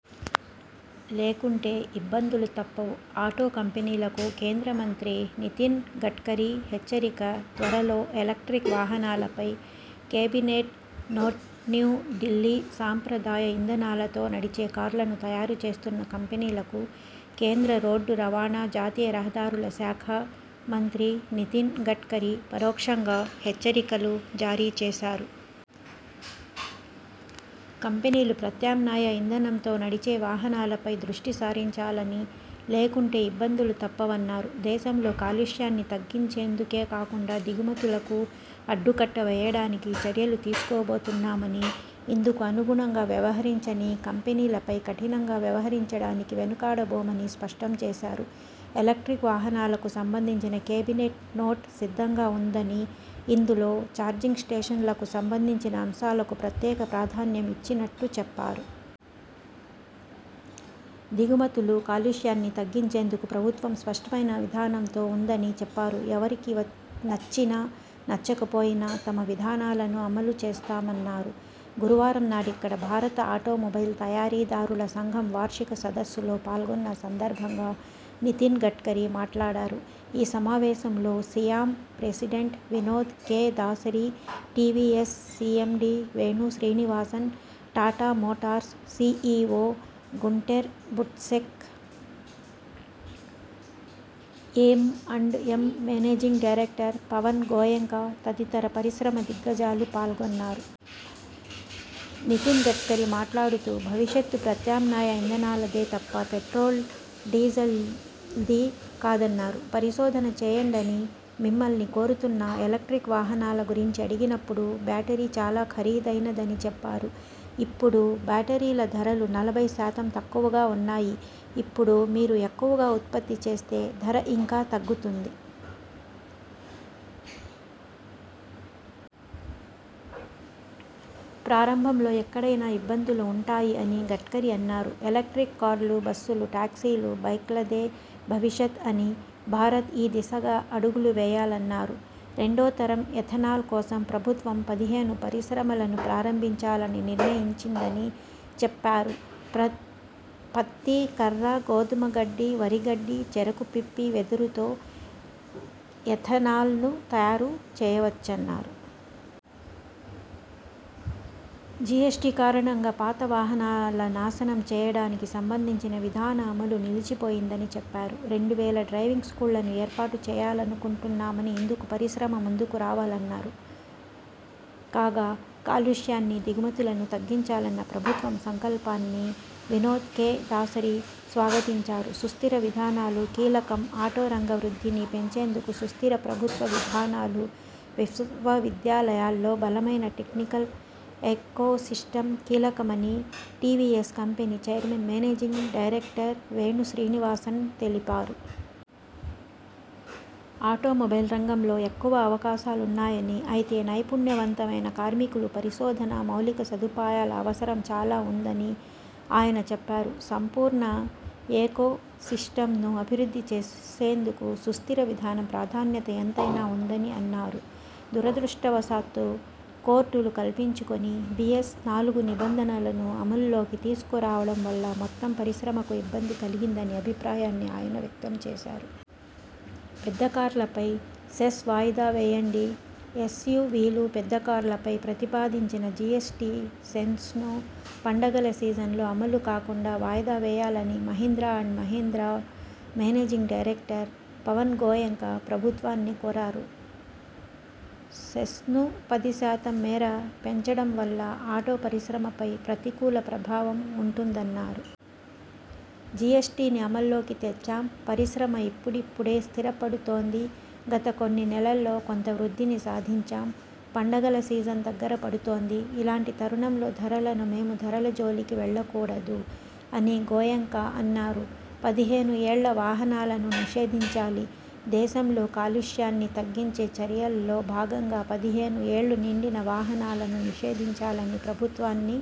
లేకుంటే ఇబ్బందులు తప్పవ్ ఆటో కంపెనీలకు కేంద్ర మంత్రి నితిన్ గడ్కరీ హెచ్చరిక త్వరలో ఎలక్ర్టిక్ వాహనాలపై కేబినెట్ నోట్న్యూఢిల్లీ సాంప్రదాయ ఇంధనాలతో నడిచే కార్లను తయారు చేస్తున్న కంపెనీలకు కేంద్ర రోడ్డు రవాణా, జాతీయ రహదారుల శాఖ మంత్రి నితిన్ గడ్కరీ పరోక్షంగా హెచ్చరికలు జారీ చేశారు. కంపెనీలు ప్రత్యామ్నాయ ఇంధనంతో నడిచే వాహనాలపై దృష్టిసారించాలని, లేకుంటే ఇబ్బందులు తప్పవన్నారు. దేశంలో కాలుష్యాన్ని తగ్గించేందుకేకాకుండా దిగుమతులకు అడ్డుకట్టవేయడానికి చర్యలు తీసుకోబోతున్నామని, ఇందుకు అనుగుణంగా వ్యవహరించని కంపెనీలపై కఠినంగా వ్యవహరించడానికి వెనుకాడబోమని స్పష్టం చేశారు. ఎలక్ర్టిక్ వాహనాలకు సంబంధించిన కేబినెట్ నోట్ సిద్ధంగా ఉందని, ఇందులో చార్జింగ్ స్టేషన్లకు సంబంధించిన అంశాలకు ప్రత్యేక ప్రాధాన్యం ఇచ్చినట్టు చెప్పారు. దిగుమతులు, కాలుష్యాన్ని తగ్గించేందుకు ప్రభుత్వం స్పష్టమైన విధానంతో ఉందని చెప్పారు. ఎవరికి నచ్చినా నచ్చకపోయినా తమ విధానాలను అమలు చేస్తామన్నారు. గురువారంనాడిక్కడ భారత ఆటోమొబైల్ తయారీదారుల సంఘం వార్షిక సదస్సులో పాల్గొన్న సందర్భంగా నితిన్ గడ్కరీ మాట్లాడారు. ఈ సమావేశంలో SIAM president Vinod K Dasari, TVS CMD Venu Srinivasan, Tata motors CEO Gunter Butschek, M and M managing director Pawan Goenka తదితర పరిశ్రమ దిగ్గజాలు పాల్గొన్నారు. నితిన్ గడ్కరీ మాట్లాడుతూ భవిష్యత్ ప్రత్యామ్నాయ ఇంధనాలదేతప్ప పెట్రోల్, డీజిల్ది కాదన్నారు. ''పరిశోధన చేయండని మిమ్మల్ని కోరుతున్నా. ఎలక్ర్టిక్ వాహనాల గురించి అడిగినప్పుడు బ్యాటరీ చాలా ఖరీదైనదని చెప్పారు. ఇప్పుడు బ్యాటరీల ధరలు నలభై శాతం తక్కువగా ఉన్నాయి. ఇప్పుడు మీరు ఎక్కువగా ఉత్పత్తి చేస్తే ధర ఇంకా తగ్తుఉంది. ప్రారంభంలో ఎక్కడైనా ఇబ్బందులు ఉంటాయి'' అని గడ్కరీ అన్నారు. ఎలక్ర్టిక్ కార్లు, బస్సులు, టాక్సీలు, బైక్లదే భవిష్యత్ అని, భారత్ ఈ దిశగా అడుగులువేయాలన్నారు. రెండోతరం ఎథనాల్ కోసం ప్రభుత్వం పదిహేను పరిశ్రమలను ప్రారంభించాలని నిర్ణయించిందని చెప్పారు. ప్ర పత్తి కర్ర, గోధుమ గడ్డి, వరి గడ్డి, చెరకు పిప్పి, వెదురుతో ఎథనాల్ను తయారు చేయవచ్చన్నారు. జిఎస్టి కారణంగా పాత వాహనాల నాశనం చేయడానికి సంబంధించిన విధాన అమలు నిలిచిపోయిందని చెప్పారు. రెండు వేల డ్రైవింగ్ స్కూళ్లను ఏర్పాటు చేయాలనుకుంటున్నామని, ఇందుకు పరిశ్రమ ముందుకురావాలన్నారు. కాగా కాలుష్యాన్ని, దిగుమతులను తగ్గించాలన్న ప్రభుత్వం సంకల్పాన్ని వినోద్ కె దాసరి స్వాగతించారు. సుస్థిర విధానాలు కీలకంఆటో రంగ వృద్ధిని పెంచేందుకు సుస్థిర ప్రభుత్వ విధానాలు, విశ్వవిద్యాలయాల్లో బలమైన టెక్నికల్ ఏకోసిస్టమ్ కీలకమని TVS company chairman, managing director Venu Srinivasan తెలిపారు. ఆటో మొబైల్ రంగంలో ఎక్కువ అవకాశాలున్నాయని, అయితే నైపుణ్యవంతమైన కార్మికు లు, పరిశోధనా, మౌలికసదుపాయాల అవసరం చాలా ఉంద ని ఆయన చెప్పారు. సంపూర్ణ ఏకోసిస్టమ్ను అభివృద్ధి చేసేందుకు సుస్థిర విధానం ప్రాధాన్యత ఎంతైనా ఉందని అన్నారు. దురదృష్ణవశాత్తు కోర్టులు కల్పించుకుని బిఎస్-నాలుగు నిబంధనలను అమల్లోకి తీసుకురావడం వల్ల మొత్తం పరిశ్రమకు ఇబ్బంది కలిగిందన్న అభిప్రాయాన్ని ఆయన వ్యక్తం చేశారు. పెద్ద కార్లపై సెస్ వాయిదా వేయండిఎస్యువిలు, పెద్ద కార్లపై ప్రతిపాదించిన జిఎ్సటి సెస్ను పండగల సీజన్లో అమలుకాకుండా వాయిదా వేయాలని Mahindra and Mahindra managing director Pawan Goenka ప్రభుత్వాన్ని కోరారు. సెస్ను పది శాతం మేర పెంచడం వల్ల ఆటో పరిశ్రమపై ప్రతికూల ప్రభావం ఉంటుందన్నారు. ''జిఎ్సటిని అమల్లోకి తెచ్చాం. పరిశ్రమ ఇప్పుడిప్పుడే స్థిరపడుతోంది. గత కొన్ని నెలల్లో కొంత వృద్ధిని సాధించాం. పండగల సీజన్ దగ్గర పడుతోంది. ఇలాంటి తరుణంలో ధరలను మేము ధరల జోలికి వెళ్లకూడదు'' అని గోయెంకా అన్నారు. పదిహేను ఏళ్ల వాహనాలను నిషేధించాలిదేశంలో కాలుష్యాన్ని తగ్గించే చర్యల్లో భాగంగా పదిహేను ఏళ్లు నిండిన వాహనాలను నిషేధించాలని ప్రభుత్వాన్ని